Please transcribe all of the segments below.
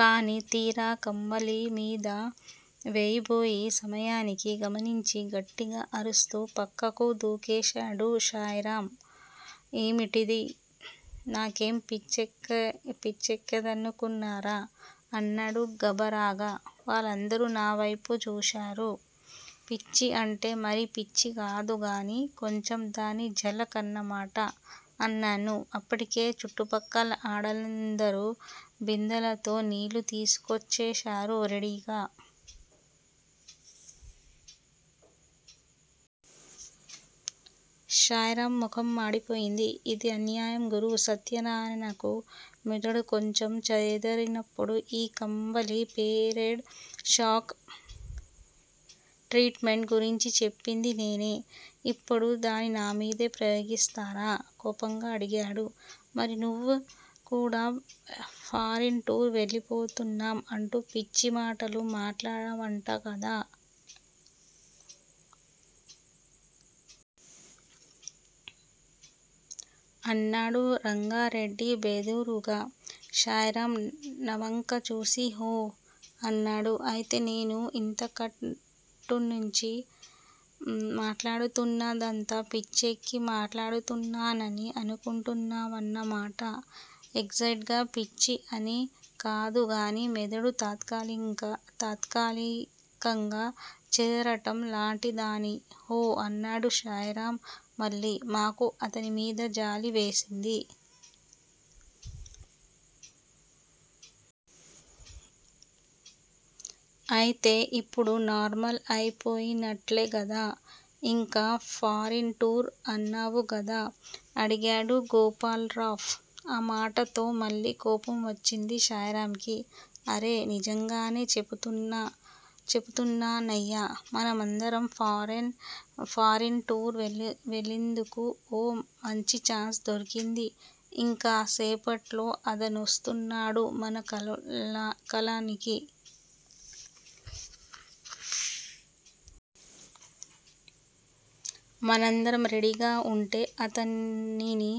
కానీ తీరా కంబళి మీద వేయబోయే సమయానికి గమనించి గట్టిగా అరుస్తూ పక్కకు దూకేశాడు శాయిరామ్. ఏమిటిది? నాకేం పిచ్చెక్కిందనుకున్నారా? అన్నాడు గాబరాగా. వాళ్ళందరూ నావేపు చూశారు. పిచ్చి అంటే మరీ పిచ్చికాదు గానీ, కొంచెం దాని జలక్ అన్నమాట! అన్నాన్నేను. అప్పటికే చుట్టుపక్కల ఆడాళ్ళందరూ బిందెలతో నీళ్ళు తీసుకొచ్చేశారు రెడీగా. శాయిరామ్ మొఖం మాడిపోయింది. ఇదన్యాయం గురూ! సత్యన్నారాయణకు మెదడు కొంచెం చెదిరినప్పుడు ఈ కంబళి పెరేడ్ షాక్ ట్రీట్ మెంట్ గురించి చెప్పింది నేనే! ఇప్పుడు దాన్ని నా మీదే ప్రయోగిస్తారా? కోపంగా అడిగాడు. మరి నువ్ కూడా ఫారిన్ టూర్ వెళ్ళిపోతున్నాం అంటూ పిచ్చి మాటలు మాట్లాడావంట కదా? అన్నాడు రంగారెడ్డి బెదురుగా. శాయిరామ్ నావంక చూసి హు! అన్నాడు. అయితే నేను ఇందాకట్నుంచీ మాట్లాడుతున్నదంతా పిచ్చెక్కి మాట్లాడుతున్నానని అనుకుంటున్నావన్నమాట ఎగ్జాట్ గా పిచ్చి అని కాదు గానీ మెదడు తాత్కాలికంగా చెదరటం లాంటిదని హు! అన్నాడు శాయిరామ్ మళ్ళీ. మాకు అతని మీద జాలివేసింది. అయితే ఇప్పుడు నార్మల్ అయిపోయినట్లే గదా! ఇంక 'ఫారిన్ టూర్' అనవు కదా! అడిగాడు గోపాల్రావ్. ఆ మాటతో మళ్ళీ కోపం వచ్చింది శాయిరామ్ కి. అరె! నిజంగానే చెప్తున్నా నయ్యా! మనందరం ఫారిన్ టూర్ వెళ్ళేందుకు ఓ మాంచి ఛాన్స్ దొరికింది. ఇంకాసేపట్లో అతనొస్తున్నాడు మన కాలనీకి! మనందరం రెడీగా ఉంటే అతనిని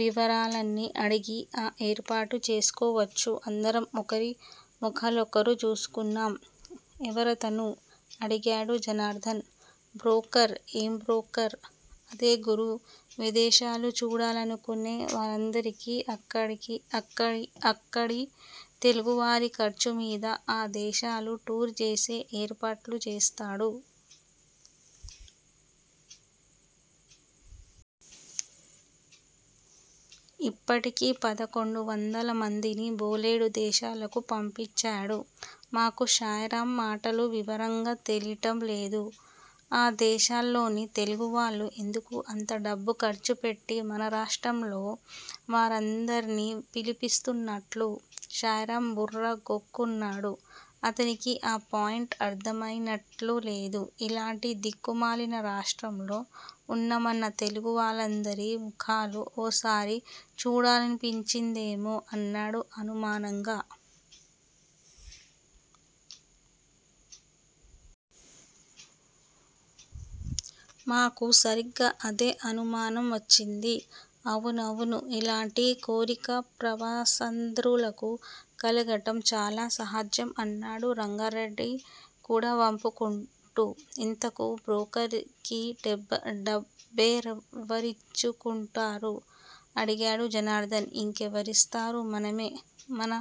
వివరాలన్నీ అడిగి ఆ ఏర్పాటు చేసుకోవచ్చు. అందరం ఒకరి మొఖాలొకరు చూసుకున్నాం. ఎవరతను? అడిగాడు జనార్ధన్. బ్రోకర్ ఏం బ్రోకరు? అదే గురూ! విదేశాలు చూడాలనుకునే వారందరికీ అక్కడి తెలుగువారి ఖర్చుమీద ఆ దేశాలు టూర్ చేసే ఏర్పాట్లు చేస్తాడు. ఇప్పటికి పదకొండు వందల మందిని బోలెడు దేశాలకు పంపించాడు. మాకు శాయిరామ్ మాటలు వివరంగా తెలీటం లేదు. ఆ దేశాల్లోని తెలుగువాళ్లు ఎందుకు అంత డబ్బు ఖర్చుపెట్టి మన రాష్ట్రంలో వారందరినీ పిలిపిస్తున్నట్లు? శాయిరామ్ బుర్ర గోక్కున్నాడు. అతనికి ఆ పాయింట్ అర్ధమయినట్లులేదు. ఇలాంటి దిక్కుమాలిన రాష్ట్రంలో ఉన్న మన తెలుగువాళ్ళందరి మొఖాలు ఓసారి చూడాలనిపించిందేమో అన్నాడు అనుమానంగా. మాకూ సరిగ్గా అదే అనుమానం వచ్చింది. అవునవును! ఇలాంటి కోరిక ప్రవాసాంధ్రులకు కలగటం చాలా సహజం అన్నాడు రంగారెడ్డి కూడా వప్పుకుంటూ. ఇంతకూ బ్రోకర్ కి డబ్బెవరిచ్చు కుంటారు? అడిగాడు జనార్ధన్. ఇంకెవరిస్తారు? మనమే! మన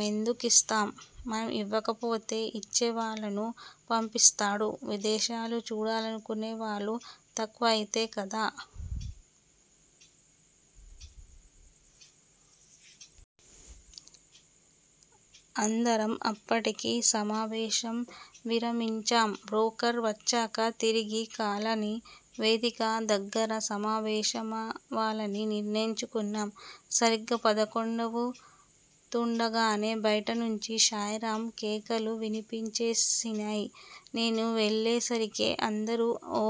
మెందుకిస్తాం? మనం ఇవ్వకపోతే ఇచ్చేవాళ్ళను పంపిస్తాడు. విదేశాలు చూడాలనుకునే వాళ్ళు తక్కువయితే కదా! అందరం అప్పటికి సమావేశం విరమించాం. బ్రోకర్ వచ్చాక తిరిగి కాలనీ వేదిక దగ్గర సమావేశమవాలని నిర్ణయించుకున్నాం. సరిగ్గా పదకొండవుతూండగానే బయటనుంచి శాయిరామ్ కేకలు వినిపించేసినయ్. నేను వెళ్ళేసరికే అందరూ ఓ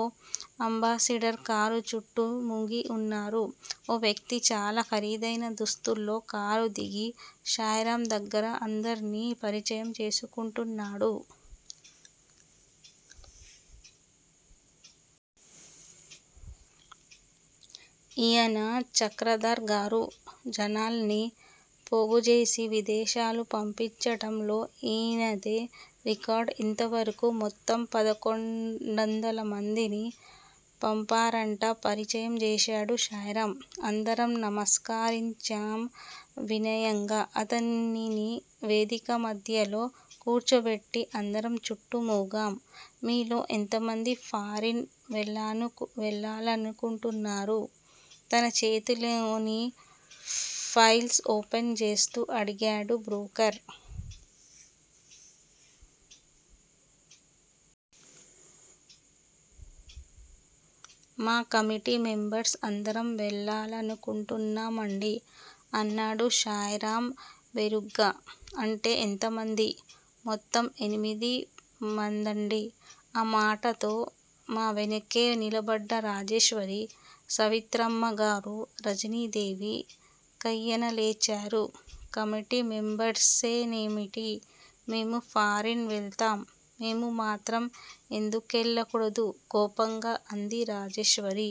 అంబాసిడర్ కారు చుట్టూ మూగి ఉన్నారు. ఓ వ్యక్తి చాలా ఖరీదయిన దుస్తుల్లో కారు దిగి శాయిరామ్ దగ్గర అందరినీ పరిచయం చేసుకుంటున్నాడు. ఈయన చక్రధర్ గారు! జనాల్ని పోగుచేసి విదేశాలు పంపించటంలో ఈయనదే రికార్డ్ ఇంతవరకూ మొత్తం పదకొండొందల మందిని పంపారట పరిచయం చేశాడు శాయిరామ్. అందరం నమస్కరించాం వినయంగా. అతనిని వేదిక మధ్యలో కూర్చోబెట్టి అందరం చుట్టూ మూగాం. మీలో ఎంతమంది ఫారిన్ వెళ్ళాలనుకుంటున్నారు? తన చేతిలోని ఫైల్స్ ఓపెన్ చేస్తూ అడిగాడు బ్రోకర్. మా కమిటీ మెంబర్స్ అందరం వెళ్ళాలనుకుంటున్నామండీ అన్నాడు శాయిరామ్ బెరుగ్గా. అంటే ఎంతమంది? మొత్తం ఎనిమిదిమందండీ. ఆ మాటతో మా వెనుకే నిలబడ్డ రాజేశ్వరి, సావిత్రమ్మ గారూ, రజనీదేవి కయ్యిన లేచారు. కమిటీ మెంబర్సేనేమిటి? మేమూ ఫారిన్ వెళ్తాం! మేము మాత్రం ఎందుకెళ్ళకూడదు? కోపంగా అంది రాజేశ్వరి.